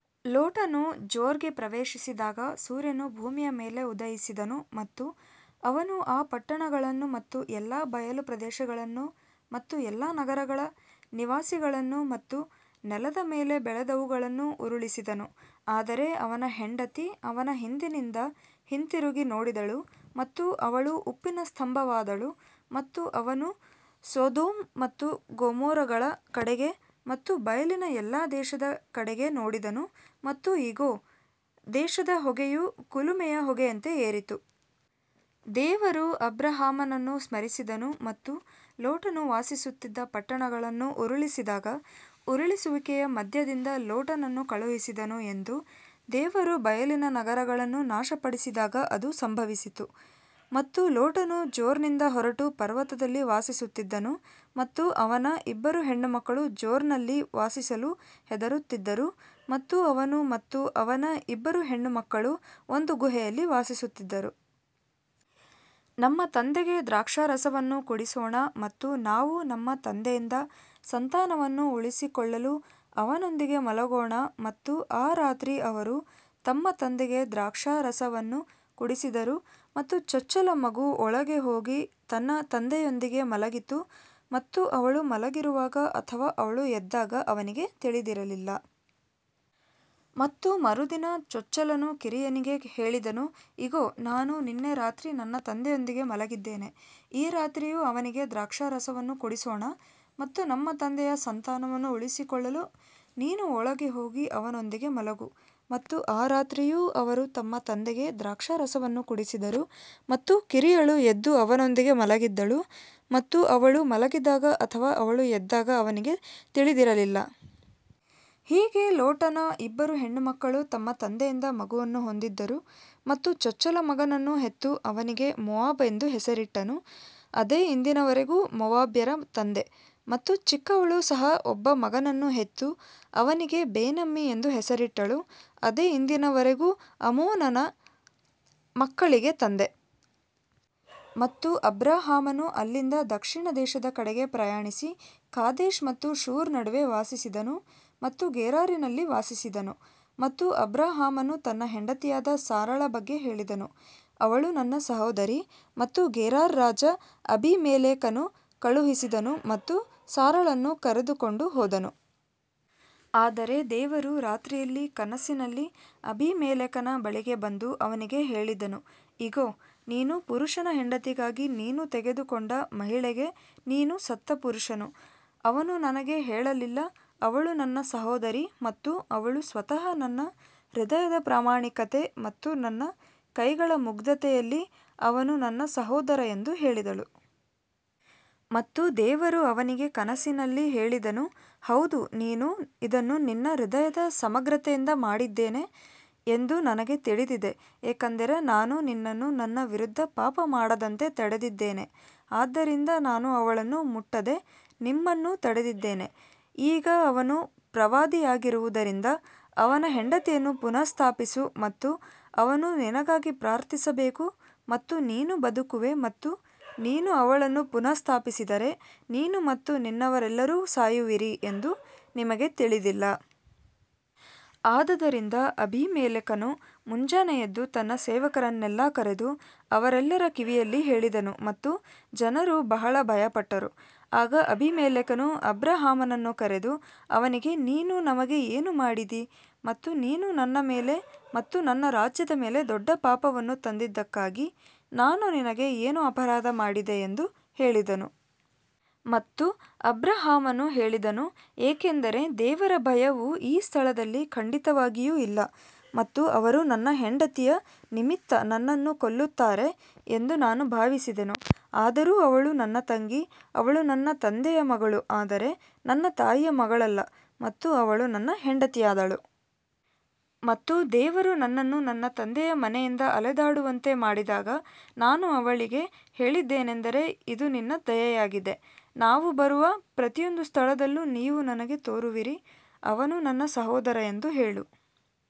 ಲೋಟನು ಜೋರ್ಗೆ ಪ್ರವೇಶಿಸಿದಾಗ ಸೂರ್ಯನು ಭೂಮಿಯ ಮೇಲೆ ಉದಯಿಸಿದನು ಮತ್ತು ಅವನು ಆ ಪಟ್ಟಣಗಳನ್ನು ಮತ್ತು ಎಲ್ಲಾ ಬಯಲು ಪ್ರದೇಶಗಳನ್ನು ಮತ್ತು ಎಲ್ಲಾ ನಗರಗಳ ನಿವಾಸಿಗಳನ್ನು ಮತ್ತು ನೆಲದ ಮೇಲೆ ಬೆಳೆದವುಗಳನ್ನು ಉರುಳಿಸಿದನು. ಆದರೆ ಅವನ ಹೆಂಡತಿ ಅವನ ಹಿಂದಿನಿಂದ ಹಿಂತಿರುಗಿ ನೋಡಿದಳು ಮತ್ತು ಅವಳು ಉಪ್ಪಿನ ಸ್ತಂಭವಾದಳು ಮತ್ತು ಅವನು ಸೊದೋಮ್ ಮತ್ತು ಗೊಮೋರಗಳ ಕಡೆಗೆ ಮತ್ತು ಬಯಲಿನ ಎಲ್ಲಾ ದೇಶದ ಕಡೆಗೆ ನೋಡಿದನು ಮತ್ತು ಇಗೋ, ದೇಶದ ಹೊಗೆಯು ಕುಲುಮೆಯ ಹೊಗೆಯಂತೆ ಏರಿತು. ದೇವರು ಅಬ್ರಹಾಮನನ್ನು ಸ್ಮರಿಸಿದನು ಮತ್ತು ಲೋಟನು ವಾಸಿಸುತ್ತಿದ್ದ ಪಟ್ಟಣಗಳನ್ನು ಉರುಳಿಸಿದಾಗ ಉರುಳಿಸುವಿಕೆಯ ಮಧ್ಯದಿಂದ ಲೋಟನನ್ನು ಕಳುಹಿಸಿದನು ಎಂದು ದೇವರು ಬಯಲಿನ ನಗರಗಳನ್ನು ನಾಶಪಡಿಸಿದಾಗ ಅದು ಸಂಭವಿಸಿತು. ಮತ್ತು ಲೋಟನು ಜೋರ್ನಿಂದ ಹೊರಟು ಪರ್ವತದಲ್ಲಿ ವಾಸಿಸುತ್ತಿದ್ದನು ಮತ್ತು ಅವನ ಇಬ್ಬರು ಹೆಣ್ಣುಮಕ್ಕಳು ಜೋರ್ನಲ್ಲಿ ವಾಸಿಸಲು ಹೆದರುತ್ತಿದ್ದರು ಮತ್ತು ಅವನು ಮತ್ತು ಅವನ ಇಬ್ಬರು ಹೆಣ್ಣುಮಕ್ಕಳು ಒಂದು ಗುಹೆಯಲ್ಲಿ ವಾಸಿಸುತ್ತಿದ್ದರು. ನಮ್ಮ ತಂದೆಗೆ ದ್ರಾಕ್ಷಾರಸವನ್ನು ಕುಡಿಸೋಣ ಮತ್ತು ನಾವು ನಮ್ಮ ತಂದೆಯಿಂದ ಸಂತಾನವನ್ನು ಉಳಿಸಿಕೊಳ್ಳಲು ಅವನೊಂದಿಗೆ ಮಲಗೋಣ ಮತ್ತು ಆ ರಾತ್ರಿ ಅವರು ತಮ್ಮ ತಂದೆಗೆ ದ್ರಾಕ್ಷಾರಸವನ್ನು ಕುಡಿಸಿದರು ಮತ್ತು ಚೊಚ್ಚಲ ಮಗು ಒಳಗೆ ಹೋಗಿ ತನ್ನ ತಂದೆಯೊಂದಿಗೆ ಮಲಗಿತು ಮತ್ತು ಅವಳು ಮಲಗಿರುವಾಗ ಅಥವಾ ಅವಳು ಎದ್ದಾಗ ಅವನಿಗೆ ತಿಳಿದಿರಲಿಲ್ಲ. ಮತ್ತು ಮರುದಿನ, ಚೊಚ್ಚಲನು ಕಿರಿಯನಿಗೆ ಹೇಳಿದನು, ಇಗೋ, ನಾನು ನಿನ್ನೆ ರಾತ್ರಿ ನನ್ನ ತಂದೆಯೊಂದಿಗೆ ಮಲಗಿದ್ದೇನೆ, ಈ ರಾತ್ರಿಯೂ ಅವನಿಗೆ ದ್ರಾಕ್ಷಾರಸವನ್ನು ಕುಡಿಸೋಣ ಮತ್ತು ನಮ್ಮ ತಂದೆಯ ಸಂತಾನವನ್ನು ಉಳಿಸಿಕೊಳ್ಳಲು ನೀನು ಒಳಗೆ ಹೋಗಿ ಅವನೊಂದಿಗೆ ಮಲಗು. ಮತ್ತು ಆ ರಾತ್ರಿಯೂ ಅವರು ತಮ್ಮ ತಂದೆಗೆ ದ್ರಾಕ್ಷಾರಸವನ್ನು ಕುಡಿಸಿದರು ಮತ್ತು ಕಿರಿಯಳು ಎದ್ದು ಅವನೊಂದಿಗೆ ಮಲಗಿದ್ದಳು ಮತ್ತು ಅವಳು ಮಲಗಿದಾಗ ಅಥವಾ ಅವಳು ಎದ್ದಾಗ ಅವನಿಗೆ ತಿಳಿದಿರಲಿಲ್ಲ. ಹೀಗೆ ಲೋಟನ ಇಬ್ಬರು ಹೆಣ್ಣುಮಕ್ಕಳು ತಮ್ಮ ತಂದೆಯಿಂದ ಮಗುವನ್ನು ಹೊಂದಿದ್ದರು ಮತ್ತು ಚೊಚ್ಚಲ ಮಗನನ್ನು ಹೆತ್ತು ಅವನಿಗೆ ಮೋವಾಬ್ ಎಂದು ಹೆಸರಿಟ್ಟನು, ಅದೇ ಇಂದಿನವರೆಗೂ ಮೋವಾಬ್ಯರ ತಂದೆ. ಮತ್ತು ಚಿಕ್ಕವಳು ಸಹ ಒಬ್ಬ ಮಗನನ್ನು ಹೆತ್ತು ಅವನಿಗೆ ಬೇನಮ್ಮಿ ಎಂದು ಹೆಸರಿಟ್ಟಳು, ಅದೇ ಇಂದಿನವರೆಗೂ ಅಮ್ಮೋನನ ಮಕ್ಕಳಿಗೆ ತಂದೆ. ಮತ್ತು ಅಬ್ರಹಾಮನು ಅಲ್ಲಿಂದ ದಕ್ಷಿಣ ದೇಶದ ಕಡೆಗೆ ಪ್ರಯಾಣಿಸಿ ಕಾದೇಶ್ ಮತ್ತು ಶೂರ್ ನಡುವೆ ವಾಸಿಸಿದನು ಮತ್ತು ಗೆರಾರಿನಲ್ಲಿ ವಾಸಿಸಿದನು. ಮತ್ತು ಅಬ್ರಹಾಮನು ತನ್ನ ಹೆಂಡತಿಯಾದ ಸಾರಳ ಬಗ್ಗೆ ಹೇಳಿದನು, ಅವಳು ನನ್ನ ಸಹೋದರಿ ಮತ್ತು ಗೆರಾರ್ ರಾಜ ಅಬೀಮೆಲೆಕನು ಕಳುಹಿಸಿದನು ಮತ್ತು ಸಾರಳನ್ನು ಕರೆದುಕೊಂಡು ಹೋದನು. ಆದರೆ ದೇವರು ರಾತ್ರಿಯಲ್ಲಿ ಕನಸಿನಲ್ಲಿ ಅಬೀಮೆಲೆಕನ ಬಳಿಗೆ ಬಂದು ಅವನಿಗೆ ಹೇಳಿದನು, ಇಗೋ, ನೀನು ಪುರುಷನ ಹೆಂಡತಿಗಾಗಿ ನೀನು ತೆಗೆದುಕೊಂಡ ಮಹಿಳೆಗೆ ನೀನು ಸತ್ತ ಪುರುಷನು. ಅವನು ನನಗೆ ಹೇಳಲಿಲ್ಲ ಅವಳು ನನ್ನ ಸಹೋದರಿ ಮತ್ತು ಅವಳು ಸ್ವತಃ ನನ್ನ ಹೃದಯದ ಪ್ರಾಮಾಣಿಕತೆ ಮತ್ತು ನನ್ನ ಕೈಗಳ ಮುಗ್ಧತೆಯಲ್ಲಿ ಅವನು ನನ್ನ ಸಹೋದರ ಎಂದು ಹೇಳಿದಳು. ಮತ್ತು ದೇವರು ಅವನಿಗೆ ಕನಸಿನಲ್ಲಿ ಹೇಳಿದನು ಹೌದು ನೀನು ಇದನ್ನು ನಿನ್ನ ಹೃದಯದ ಸಮಗ್ರತೆಯಿಂದ ಮಾಡಿದ್ದೇನೆ ಎಂದು ನನಗೆ ತಿಳಿದಿದೆ ಏಕೆಂದರೆ ನಾನು ನಿನ್ನನ್ನು ನನ್ನ ವಿರುದ್ಧ ಪಾಪ ಮಾಡದಂತೆ ತಡೆದಿದ್ದೇನೆ ಆದ್ದರಿಂದ ನಾನು ಅವಳನ್ನು ಮುಟ್ಟದೆ ನಿಮ್ಮನ್ನು ತಡೆದಿದ್ದೇನೆ. ಈಗ ಅವನು ಪ್ರವಾದಿಯಾಗಿರುವುದರಿಂದ ಅವನ ಹೆಂಡತಿಯನ್ನು ಪುನಃಸ್ಥಾಪಿಸು ಮತ್ತು ಅವನು ನಿನಗಾಗಿ ಪ್ರಾರ್ಥಿಸಬೇಕು ಮತ್ತು ನೀನು ಬದುಕುವೆ ಮತ್ತು ನೀನು ಅವಳನ್ನು ಪುನಃಸ್ಥಾಪಿಸಿದರೆ ನೀನು ಮತ್ತು ನಿನ್ನವರೆಲ್ಲರೂ ಸಾಯುವಿರಿ ಎಂದು ನಿಮಗೆ ತಿಳಿದಿಲ್ಲ. ಆದದರಿಂದ ಅಬೀಮೆಲೆಕನು ಮುಂಜಾನೆ ಎದ್ದು ತನ್ನ ಸೇವಕರನ್ನೆಲ್ಲಾ ಕರೆದು ಅವರೆಲ್ಲರ ಕಿವಿಯಲ್ಲಿ ಹೇಳಿದನು ಮತ್ತು ಜನರು ಬಹಳ ಭಯಪಟ್ಟರು. ಆಗ ಅಬೀಮೆಲೆಕನು ಅಬ್ರಹಾಮನನ್ನು ಕರೆದು ಅವನಿಗೆ ನೀನು ನಮಗೆ ಏನು ಮಾಡಿದಿ ಮತ್ತು ನೀನು ನನ್ನ ಮೇಲೆ ಮತ್ತು ನನ್ನ ರಾಜ್ಯದ ಮೇಲೆ ದೊಡ್ಡ ಪಾಪವನ್ನು ತಂದಿದ್ದಕ್ಕಾಗಿ ನಾನು ನಿನಗೆ ಏನು ಅಪರಾಧ ಮಾಡಿದೆ ಎಂದು ಹೇಳಿದನು. ಮತ್ತು ಅಬ್ರಹಾಮನು ಹೇಳಿದನು ಏಕೆಂದರೆ ದೇವರ ಭಯವು ಈ ಸ್ಥಳದಲ್ಲಿ ಖಂಡಿತವಾಗಿಯೂ ಇಲ್ಲ ಮತ್ತು ಅವರು ನನ್ನ ಹೆಂಡತಿಯ ನಿಮಿತ್ತ ನನ್ನನ್ನು ಕೊಲ್ಲುತ್ತಾರೆ ಎಂದು ನಾನು ಭಾವಿಸಿದೆನು. ಆದರೂ ಅವಳು ನನ್ನ ತಂಗಿ, ಅವಳು ನನ್ನ ತಂದೆಯ ಮಗಳು ಆದರೆ ನನ್ನ ತಾಯಿಯ ಮಗಳಲ್ಲ ಮತ್ತು ಅವಳು ನನ್ನ ಹೆಂಡತಿಯಾದಳು. ಮತ್ತು ದೇವರು ನನ್ನನ್ನು ನನ್ನ ತಂದೆಯ ಮನೆಯಿಂದ ಅಲೆದಾಡುವಂತೆ ಮಾಡಿದಾಗ ನಾನು ಅವಳಿಗೆ ಹೇಳಿದ್ದೇನೆಂದರೆ ಇದು ನಿನ್ನ ದಯೆಯಾಗಿದೆ, ನಾವು ಬರುವ ಪ್ರತಿಯೊಂದು ಸ್ಥಳದಲ್ಲೂ ನೀವು ನನಗೆ ತೋರುವಿರಿ ಅವನು ನನ್ನ ಸಹೋದರ ಎಂದು ಹೇಳು.